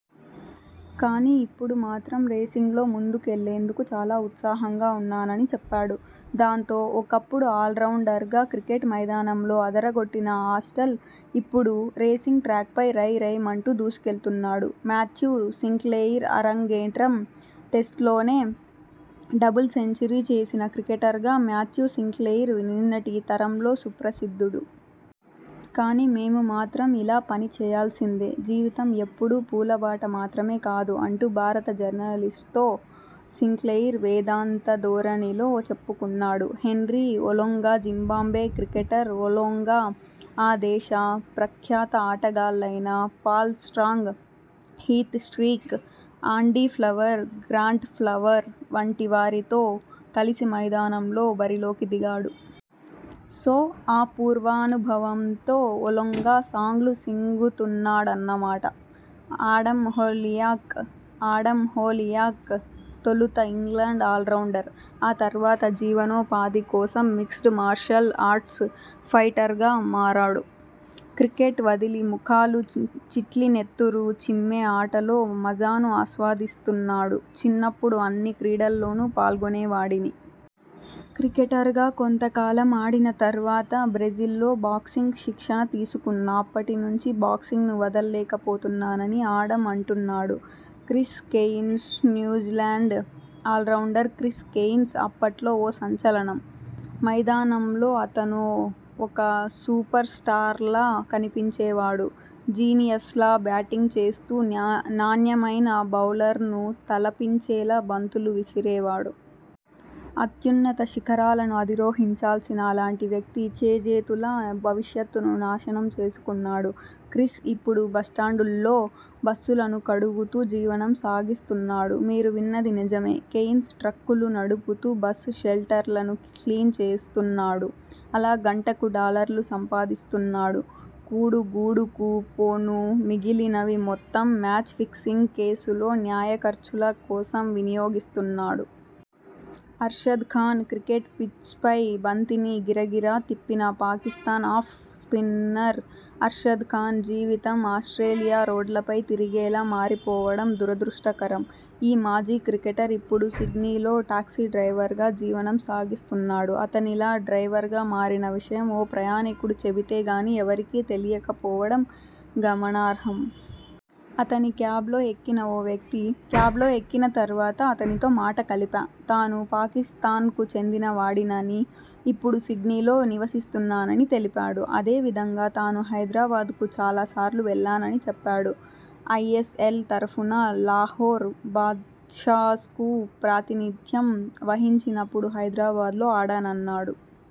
కానీ, ఇప్పుడు మాత్రం రేసింగ్లో ముందుకెళ్లేందుకు చాలా ఉత్సాహంగా ఉన్నాన'ని చెప్పాడు. దాంతో, ఒకప్పుడు ఆల్రౌండర్గా క్రికెట్ మైదానంలో అదరగొట్టిన ఆస్టల్ ఇప్పుడు రేసింగ్ ట్రాక్పై రయ్ రయ్ మంటూ దూసుకెళ్తున్నాడు. మాథ్యూ సింక్లెయిర్అరంగేట్రం టెస్టులోనే డబుల్ సెంచరీ చేసిన క్రికెటర్గా మాథ్యూ సింక్లెయిర్ నిన్నటి తరంలో సుప్రసిద్ధుడు. కానీ, మేము మాత్రం ఇలా పని చేయాల్సిందే. జీవితం ఎప్పుడూ పూలబాట మాత్రమే కాదు' అంటూ భారత జర్నలిస్ట్తో సింక్లెయిర్ వేదాంత ధోరణిలో చెప్పుకున్నాడు. హెన్రీ ఒలొంగాజింబాబ్వే క్రికెటర్ ఒలొంగా ఆ దేశ ప్రఖ్యాత ఆటగాళ్లయిన Paul Strang, Heath Streak, Andy Flower, Grant Flower వంటి వారితో కలిసి మైదానంలో బరిలోకి దిగాడు. సో ఆ పూర్వానుభవంతో ఒలొంగా సాంగ్లు సింగుతున్నాడన్నమాట! ఆడమ్ హోలియాక్ ఆడమ్ హోలియాక్ తొలుత ఇంగ్లండ్ ఆల్రౌండర్. ఆ తర్వాత జీవనోపాధి కోసం మిక్స్డ్ మార్షల్ ఆర్ట్స్ ఫైటర్గా మారాడు. క్రికెట్ వదిలి ముఖాలు చిట్లి నెత్తురు చిమ్మే ఆటలో మజాను ఆస్వాదిస్తున్నాడు. 'చిన్నప్పుడు అన్ని క్రీడల్లోనూ పాల్గొనేవాడిని. క్రికెటర్గా కొంతకాలం ఆడిన తర్వాత బ్రెజిల్లో బాక్సింగ్ శిక్షణ తీసుకున్నా. అప్పటి నుంచి బాక్సింగ్ను వదల్లేకపోతున్నాన'ని ఆడమ్ అంటున్నాడు. Chris Cairns New Zealand allrounder Chris Cairns అప్పట్లో ఓ సంచలనం. మైదానంలో అతనో ఒక సూపర్ స్టార్లా కనిపించేవాడు. జీనియస్లా బ్యాటింగ్ చేస్తూ నాణ్యమైన బౌలర్ను తలపించేలా బంతులు విసిరేవాడు. అత్యున్నత శిఖరాలను అధిరోహించాల్సిన అలాంటి వ్యక్తి చేజేతులా భవిష్యత్తును నాశనం చేసుకున్నాడు. క్రిస్ ఇప్పుడు బస్టాండుల్లో బస్సులను కడుగు తూ జీవనం సాగిస్తున్నాడు. మీరు విన్నది నిజమే. కెయిన్స్ ట్రక్కులు నడుపుతూ బస్ షెల్టర్లను క్లీన్ చేస్తున్నాడు. అలా గంటకు డాలర్లు సంపాదిస్తున్నాడు. కూడు గూడుకు పోను మిగిలినవి మొత్తం మ్యాచ్ ఫిక్సింగ్ కేసు లో న్యాయ ఖర్చుల కోసం వినియోగిస్తున్నాడు. అర్షద్ ఖాన్ క్రికెట్ పిచ్పై బంతిని గిరగిరా తిప్పిన పాకిస్థాన్ ఆఫ్ స్పిన్నర్ అర్షద్ ఖాన్ జీవితం ఆస్ట్రేలి యా రోడ్లపై తిరిగేలా మారిపోవడం దురదృష్టకరం. ఈ మాజీ క్రికెటర్ ఇప్పుడు సిడ్నీలో టాక్సీ డ్రైవర్గా జీవనం సాగిస్తున్నాడు. అతనిలా డ్రైవర్గా మారిన విషయం ఓ ప్రయాణికుడు చెబితే గానీ ఎవరికీ తెలియకపోవడం గమనార్హం. అతని క్యాబ్లో ఎక్కిన ఓ వ్యక్తి 'క్యాబ్లో ఎక్కిన తర్వాత అతనితో మాట కలిపా. తాను పాకిస్థాన్కు చెందిన వాడినని, ఇప్పుడు సిడ్నీలో నివసిస్తున్నానని తెలిపాడు. అదే విధంగా తాను హైదరాబాద్కు చాలా సార్లు వెళ్లానని చెప్పాడు. ఐఎస్ఎల్ తరఫున లాహోర్ బాద్షాస్కు ప్రాతినిథ్యం వహించినప్పుడు హైదరాబాద్లో ఆడానన్నాడు.